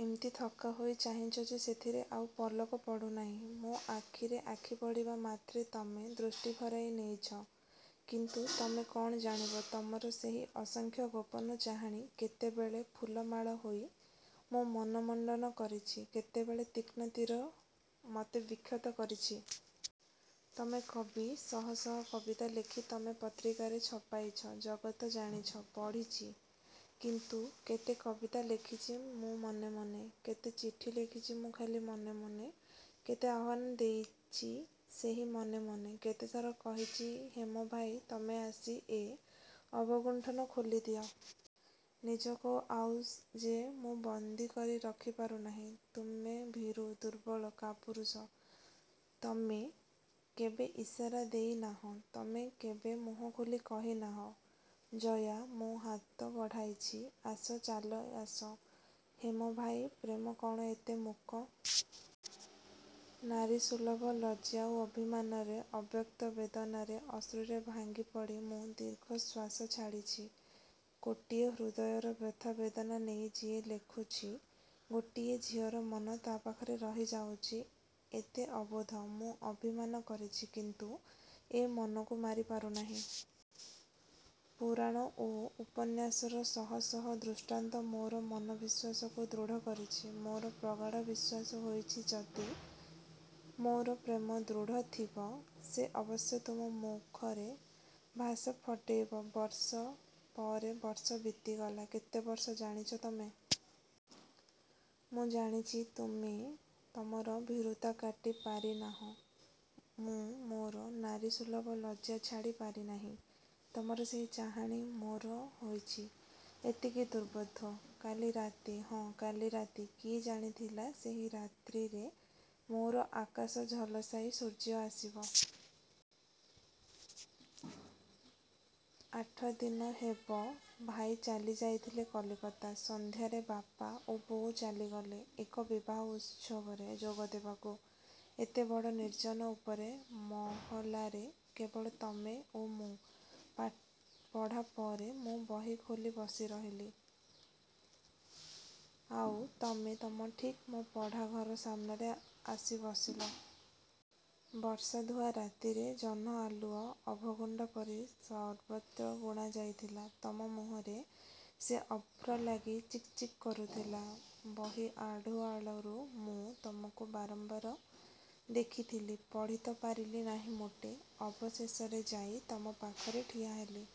ଏମିତି ଥକ୍କା ହୋଇ ଚାହିଁଚ ଯେ ସେଥିରେ ଆଉ ପଲକ ପଡ଼ୁନାହିଁ। ମୋ ଆଖିରେ ଆଖି ପଡ଼ିବା ମାତ୍ରେ ତମେ ଦୃଷ୍ଟି ଫେରାଇ ନେଇଚ, କିନ୍ତୁ ତମେ କ'ଣ ଜାଣିବ, ତମର ସେହି ଅସଂଖ୍ୟ ଗୋପନ ଚାହାଣି କେତେବେଳେ ଫୁଲମାଳ ହୋଇ ମୋ ମନ ମଣ୍ଡନ କରିଚି, କେତେବେଳେ ତୀକ୍ଷ୍ଣ ତୀର ମତେ ବିକ୍ଷତ କରିଚି। ତମେ କବି। ଶହ ଶହ କବିତା ଲେଖି ତମେ ପତ୍ରିକାରେ ଛପାଇଚ। ଜଗତ ଜାଣିଚ, ପଢ଼ିଚି, କିନ୍ତୁ କେତେ କବିତା ଲେଖିଛି ମୁଁ ମନେ ମନେ। କେତେ ଚିଠି ଲେଖିଚି ମୁଁ ଖାଲି ମନେ ମନେ। କେତେ ଆହ୍ଵାନ ଦେଇଚି ସେହି ମନେ ମନେ। କେତେଥର କହିଚି ହେମଭାଇ, ତମେ ଆସି ଏ ଅବଗୁଣ୍ଠନ ଖୋଲିଦିଅ! ନିଜକୁ ଆଉ ଯେ ମୁଁ ବନ୍ଦୀ କରି ରଖି ପାରୁନାହିଁ। ତୁମେ ଭୀରୁ! ଦୁର୍ବଳ! କାପୁରୁଷ! ତମେ କେବେ ଇସାରା ଦେଇନାହଁ। ତମେ କେବେ ମୁହଁ ଖୋଲି କହିନାହଁ, "ଜୟା, ମୁଁ ହାତ ବଢ଼ାଇଚି, ଆସ, ଚାଲିଆସ।" ହେମ ଭାଇ, ପ୍ରେମ କ'ଣ ଏତେ ମୂକ? ନାରୀସୁଲଭ ଲଜ୍ଜା ଓ ଅଭିମାନରେ, ଅବ୍ୟକ୍ତ ବେଦନାର ଅଶ୍ରୁରେ ଭାଙ୍ଗି ପଡ଼ି ମୁଁ ଦୀର୍ଘଶ୍ଵାସ ଛାଡ଼ିଛି। କୋଟିଏ ହୃଦୟର ବ୍ୟଥା ବେଦନା ନେଇ ଯିଏ ଲେଖୁଚି, ଗୋଟିଏ ଝିଅର ମନ ତା' ପାଖରେ ରହି ଯାଉଚି ଏତେ ଅବୋଧ? ମୁଁ ଅଭିମାନ କରିଛି; କିନ୍ତୁ ଏ ମନକୁ ମାରି ପାରୁନାହିଁ। ପୁରାଣ ଓ ଉପନ୍ୟାସର ଶହ ଶହ ଦୃଷ୍ଟାନ୍ତ ମୋର ମନ ବିଶ୍ୱାସକୁ ଦୃଢ଼ କରିଚି। ମୋର ପ୍ରଗାଢ଼ ବିଶ୍ଵାସ ହୋଇଚି ଯଦି ମୋର ପ୍ରେମ ଦୃଢ଼ ଥିବ, ସେ ଅବଶ୍ୟ ତୁମ ମୁଖରେ ଭାଷା ଫଟେଇବ। ବର୍ଷ ପରେ ବର୍ଷ ବିତିଗଲା। କେତେ ବର୍ଷ? ଜାଣିଚ ତମେ? ମୁଁ ଜାଣିଛି। ତମେ ତମର ଭୀରୁତା କାଟି ପାରିନାହଁ । ମୁଁ ମୋର ନାରୀସୁଲଭ ଲଜ୍ଜା ଛାଡ଼ି ପାରିନାହିଁ। ତମର ସେହି ଚାହାଣି ମୋର ହୋଇଛି ଏତିକି ଦୂର୍ବୋଧ। କାଲି ରାତି? ହଁ, କାଲି ରାତି, କିଏ ଜାଣିଥିଲା, ସେହି ରାତ୍ରିରେ ମୋର ଆକାଶ ଝଲସାଇ ସୂର୍ଯ୍ୟ ଆସିବ। ଆଠଦିନ ହେବ ଭାଇ ଚାଲି ଯାଇଥିଲେ କଲିକତା। ସନ୍ଧ୍ୟାରେ ବାପା ଓ ବୋଉ ଚାଲିଗଲେ ଏକ ବିବାହ ଉତ୍ସବରେ ଯୋଗ ଦେବାକୁ। ଏତେ ବଡ଼ ନିର୍ଜନ ଉପରେ ମହଲାରେ କେବଳ ତମେ ଓ ମୁଁ। ପଢ଼ା ଘରେ ମୁଁ ବହି ଖୋଲି ବସି ରହିଲି। ଆଉ ତମେ ତମେ ଠିକ୍ ମୋ ପଢ଼ା ଘର ସାମ୍ନାରେ ଆସି ବସିଲ। ବର୍ଷା ଧୂଆ ରାତିରେ, ଜହ୍ନ ଆଲୁଅ ଅଭଗୁଣ୍ଡା ପରି ସର୍ବତ୍ର ବୁଣି ଯାଇଥିଲା। ତମ ମୁହଁରେ ସେ ଅଭ୍ର ଲାଗି ଚିକ୍ ଚିକ୍ କରୁଥିଲା। ବହି ଆଢ଼ୁଆଳରୁ ମୁଁ ତମକୁ ବାରମ୍ବାର ଦେଖିଥିଲି। ପଢ଼ି ତ ପାରିଲି ନାହିଁ ମୋଟେ। ଅବଶେଷରେ ଯାଇ ତମ ପାଖରେ ଠିଆ ହେଲି।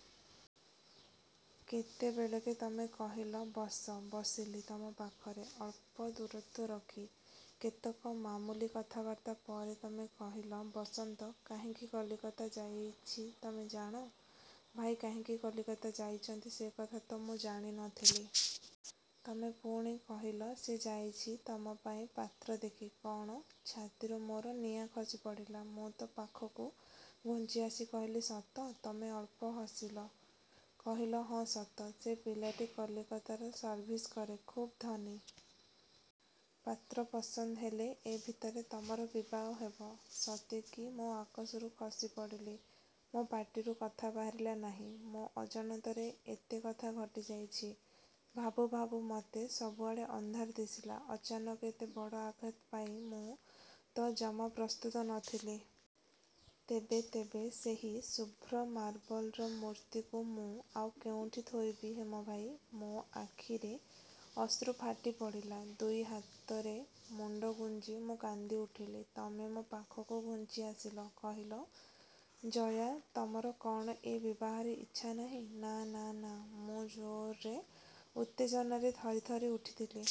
କେତେବେଳକେ ତମେ କହିଲ, "ବସ!" ବସିଲି ତମ ପାଖରେ, ଅଳ୍ପ ଦୂରତ୍ଵ ରଖି। କେତେକ ମାମୁଲି କଥାବାର୍ତ୍ତା ପରେ ତମେ କହିଲ, "ବସନ୍ତ କାହିଁକି କଲିକତା ଯାଇଚି ତମେ ଜାଣ?" ଭାଇ କାହିଁକି କଲିକତା ଯାଇଛନ୍ତି ସେ କଥା ତ ମୁଁ ଜାଣି ନ ଥିଲି। ତମେ ପୁଣି କହିଲ "ସେ ଯାଇଚି ତମ ପାଇଁ ପାତ୍ର ଦେଖି!" କ'ଣ? ଛାତିରୁ ମୋର ନିଆଁ ଖସିପଡ଼ିଲା। ମୁଁ ତମ ପାଖକୁ ଘୁଞ୍ଚି ଆସି କହିଲି, "ସତ?" ତମେ ଅଳ୍ପ ହସିଲ। କହିଲ, "ହଁ, ସତ, ସେ ପିଲାଟି କଲିକତାରେ ସର୍ଭିସ କରେ। ଖୁବ୍ ଧନୀ। ପାତ୍ର ପସନ୍ଦ ହେଲେ ଏ ଭିତରେ ତମର ବିବାହ ହେବ।" ସତେ କି ମୁଁ ଆକାଶରୁ ଖସି ପଡ଼ିଲି। ମୋ ପାଟିରୁ କଥା ବାହାରିଲା ନାହିଁ। ମୋ ଅଜାଣତରେ ଏତେ କଥା ଘଟି ଯାଇଚି? ଭାବୁ ଭାବୁ ମତେ ସବୁଆଡ଼େ ଅନ୍ଧାର ଦିଶିଲା, ଅଚାନକ ଏତେ ବଡ଼ ଆଘାତ ପାଇଁ ମୁଁ ତ ଜମା ପ୍ରସ୍ତୁତ ନ ଥିଲି! ତେବେ, ତେବେ ସେହି ଶୁଭ୍ର ମାର୍ବଲର ମୂର୍ତ୍ତିକୁ ମୁଁ ଆଉ କେଉଁଠି ଥୋଇବି ହେମଭାଇ? ମୋ ଆଖିରେ ଅଶ୍ରୁ ଫାଟି ପଡ଼ିଲା ଦୁଇ ହାତରେ ମୁଣ୍ଡ ଗୁଞ୍ଜି ମୁଁ କାନ୍ଦି ଉଠିଲି। ତମେ ମୋ ପାଖକୁ ଘୁଞ୍ଚି ଆସିଲ, କହିଲ, "ଜୟା, ତମର କ'ଣ ଏ ବିବାହରେ ଇଚ୍ଛା ନାହିଁ?" "ନା ନା ନା!" ମୁଁ ଜୋରରେ, ଉତ୍ତେଜନାରେ ଥରି ଥରି ଉଠିଥିଲି।